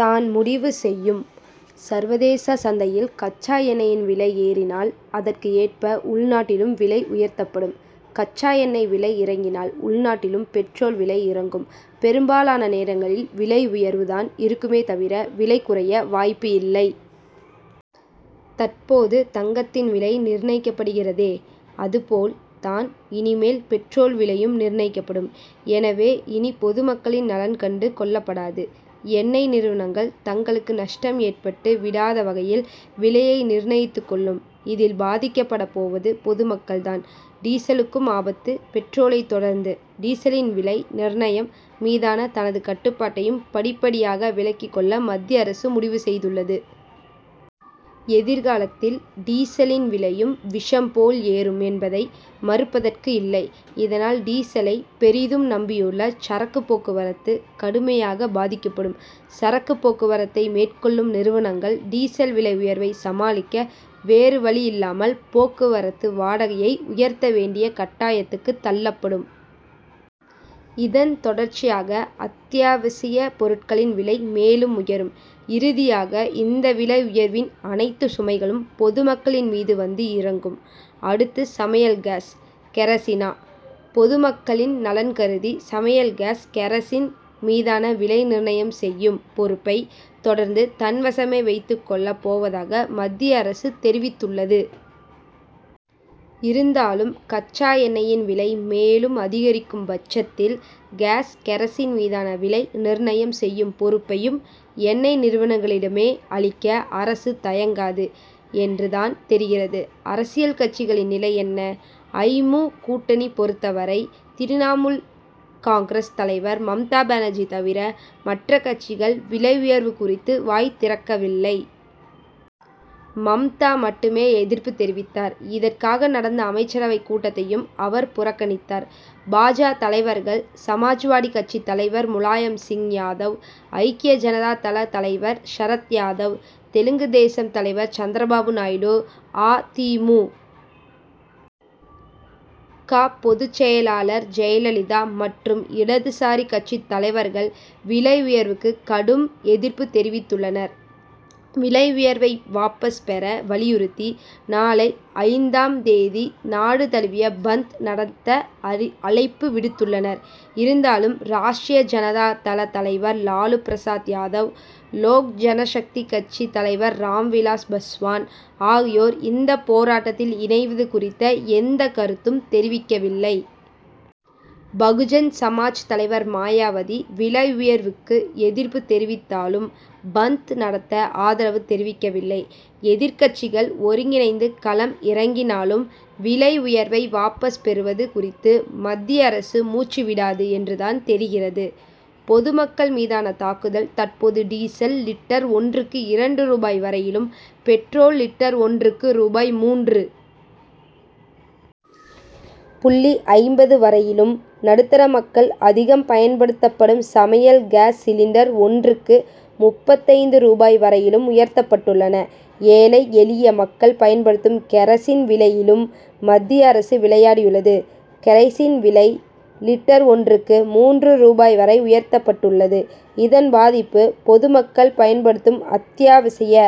தான் முடிவு செய்யும். சர்வதேச சந்தையில் கச்சா எண்ணெயின் விலை ஏறினால், அதற்கு ஏற்ப உள்நாட்டிலும் விலை உயர்த்தப்படும். கச்சா எண்ணெய் விலை இறங்கினால், உள்நாட்டிலும் பெட்ரோல் விலை இறங்கும். பெரும்பாலான நேரங்களில் விலை உயர்வு தான் இருக்குமே தவிர, விலை குறைய வாய்ப்பு இல்லை. தற்போது தங்கத்தின் விலை நிர்ணயிக்கப்படுகிறதே, அதுபோல் தான் இனிமேல் பெட்ரோல் விலையும் நிர்ணயிக்கப்படும். எனவே, இனி பொதுமக்களின் நலன் கண்டு கொள்ளப்படாது. எண்ணெய் நிறுவனங்கள், தங்களுக்கு நஷ்டம் ஏற்பட்டு விடாத வகையில் விலையை நிர்ணயித்துக் கொள்ளும். இதில் பாதிக்கப்படப் போவது பொதுமக்கள் தான். டீசலுக்கும் ஆபத்து பெட்ரோலைத் தொடர்ந்து, டீசலின் விலை நிர்ணயம் மீதான தனது கட்டுப்பாட்டையும் படிப்படியாக விலக்கிக் கொள்ள மத்திய அரசு முடிவு செய்துள்ளது. எதிர்காலத்தில் டீசலின் விலையும் விஷம் போல் ஏறும் என்பதை மறுப்பதற்கு இல்லை. இதனால், டீசலை பெரிதும் நம்பியுள்ள சரக்கு போக்குவரத்து கடுமையாக பாதிக்கப்படும். சரக்கு போக்குவரத்தை மேற்கொள்ளும் நிறுவனங்கள், டீசல் விலை உயர்வை சமாளிக்க, வேறு வழியில்லாமல் போக்குவரத்து வாடகையை உயர்த்த வேண்டிய கட்டாயத்துக்கு தள்ளப்படும். இதன் தொடர்ச்சியாக அத்தியாவசியப் பொருட்களின் விலை மேலும் உயரும். இறுதியாக, இந்த விலை உயர்வின் அனைத்து சுமைகளும் பொதுமக்களின் மீது வந்து இறங்கும். அடுத்து சமையல் கேஸ், கெரசினா? பொதுமக்களின் நலன் கருதி, சமையல் காஸ், கெரசின் மீதான விலை நிர்ணயம் செய்யும் பொறுப்பை, தொடர்ந்து தன்வசமே வைத்துக் கொள்ளப் போவதாக மத்திய அரசு தெரிவித்துள்ளது. இருந்தாலும், கச்சா எண்ணெயின் விலை மேலும் அதிகரிக்கும் பட்சத்தில் கேஸ், கெரசின் மீதான விலை நிர்ணயம் செய்யும் பொறுப்பையும், எண்ணெய் நிறுவனங்களிடமே அளிக்க, அரசு தயங்காது என்று தான் தெரிகிறது. அரசியல் கட்சிகளின் நிலை என்ன? ஐ. மு., கூட்டணியை பொறுத்தவரை, திரிணாமுல் காங்கிரஸ் தலைவர் மம்தா பானர்ஜி தவிர, மற்ற கட்சிகள் விலை உயர்வு குறித்து வாய் திறக்கவில்லை. மம்தா மட்டுமே எதிர்ப்பு தெரிவித்தார். இதற்காக நடந்த அமைச்சரவை கூட்டத்தையும் அவர் புறக்கணித்தார். பா. ஜ., தலைவர்கள், சமாஜ்வாடி கட்சி தலைவர் முலாயம் சிங் யாதவ், ஐக்கிய ஜனதா தள தலைவர் சரத் யாதவ், தெலுங்கு தேசம் தலைவர் சந்திரபாபு நாயுடு, அ. தி. மு. க., பொதுச் செயலர் ஜெயலலிதா மற்றும் இடதுசாரி கட்சி தலைவர்கள் விலை உயர்வுக்கு கடும் எதிர்ப்பு தெரிவித்துள்ளனர். விலை உயர்வை வாபஸ் பெற வலியுறுத்தி, நாளை ஐந்தாம் தேதி நாடு தழுவிய பந்த் நடத்த அழைப்பு விடுத்துள்ளனர். இருந்தாலும், ராஷ்டிரிய ஜனதா தள தலைவர் லாலு பிரசாத் யாதவ், லோக் ஜனசக்தி கட்சி தலைவர் ராம்விலாஸ் பஸ்வான் ஆகியோர் இந்த போராட்டத்தில் இணைவது குறித்து எந்த கருத்தும் தெரிவிக்கவில்லை. பகுஜன் சமாஜ் தலைவர் மாயாவதி, விலை உயர்வுக்கு எதிர்ப்பு தெரிவித்தாலும், பந்த் நடத்த ஆதரவு தெரிவிக்கவில்லை. எதிர்க்கட்சிகள் ஒருங்கிணைந்து களம் இறங்கினாலும், விலை உயர்வை வாபஸ் பெறுவது குறித்து, மத்திய அரசு மூச்சு விடாது என்று தான் தெரிகிறது. பொதுமக்கள் மீதான தாக்குதல் தற்போது டீசல் லிட்டர் ஒன்றுக்கு இரண்டு ரூபாய் வரையிலும், பெட்ரோல் லிட்டர் ஒன்றுக்கு ரூ.மூன்று புள்ளி ஐம்பது வரையிலும், நடுத்தர மக்கள் அதிகம் பயன்படுத்தப்படும் சமையல் கேஸ் சிலிண்டர் ஒன்றுக்கு முப்பத்தைந்து ரூபாய் வரையிலும் உயர்த்தப்பட்டுள்ளன. ஏழை, எளிய மக்கள் பயன்படுத்தும் கெரசின் விலையிலும் மத்திய அரசு விளையாடியுள்ளது. கெரசின் விலை லிட்டர் ஒன்றுக்கு மூன்று ரூபாய் வரை உயர்த்தப்பட்டுள்ளது. இதன்பாதிப்பு, பொதுமக்கள் பயன்படுத்தும் அத்தியாவசிய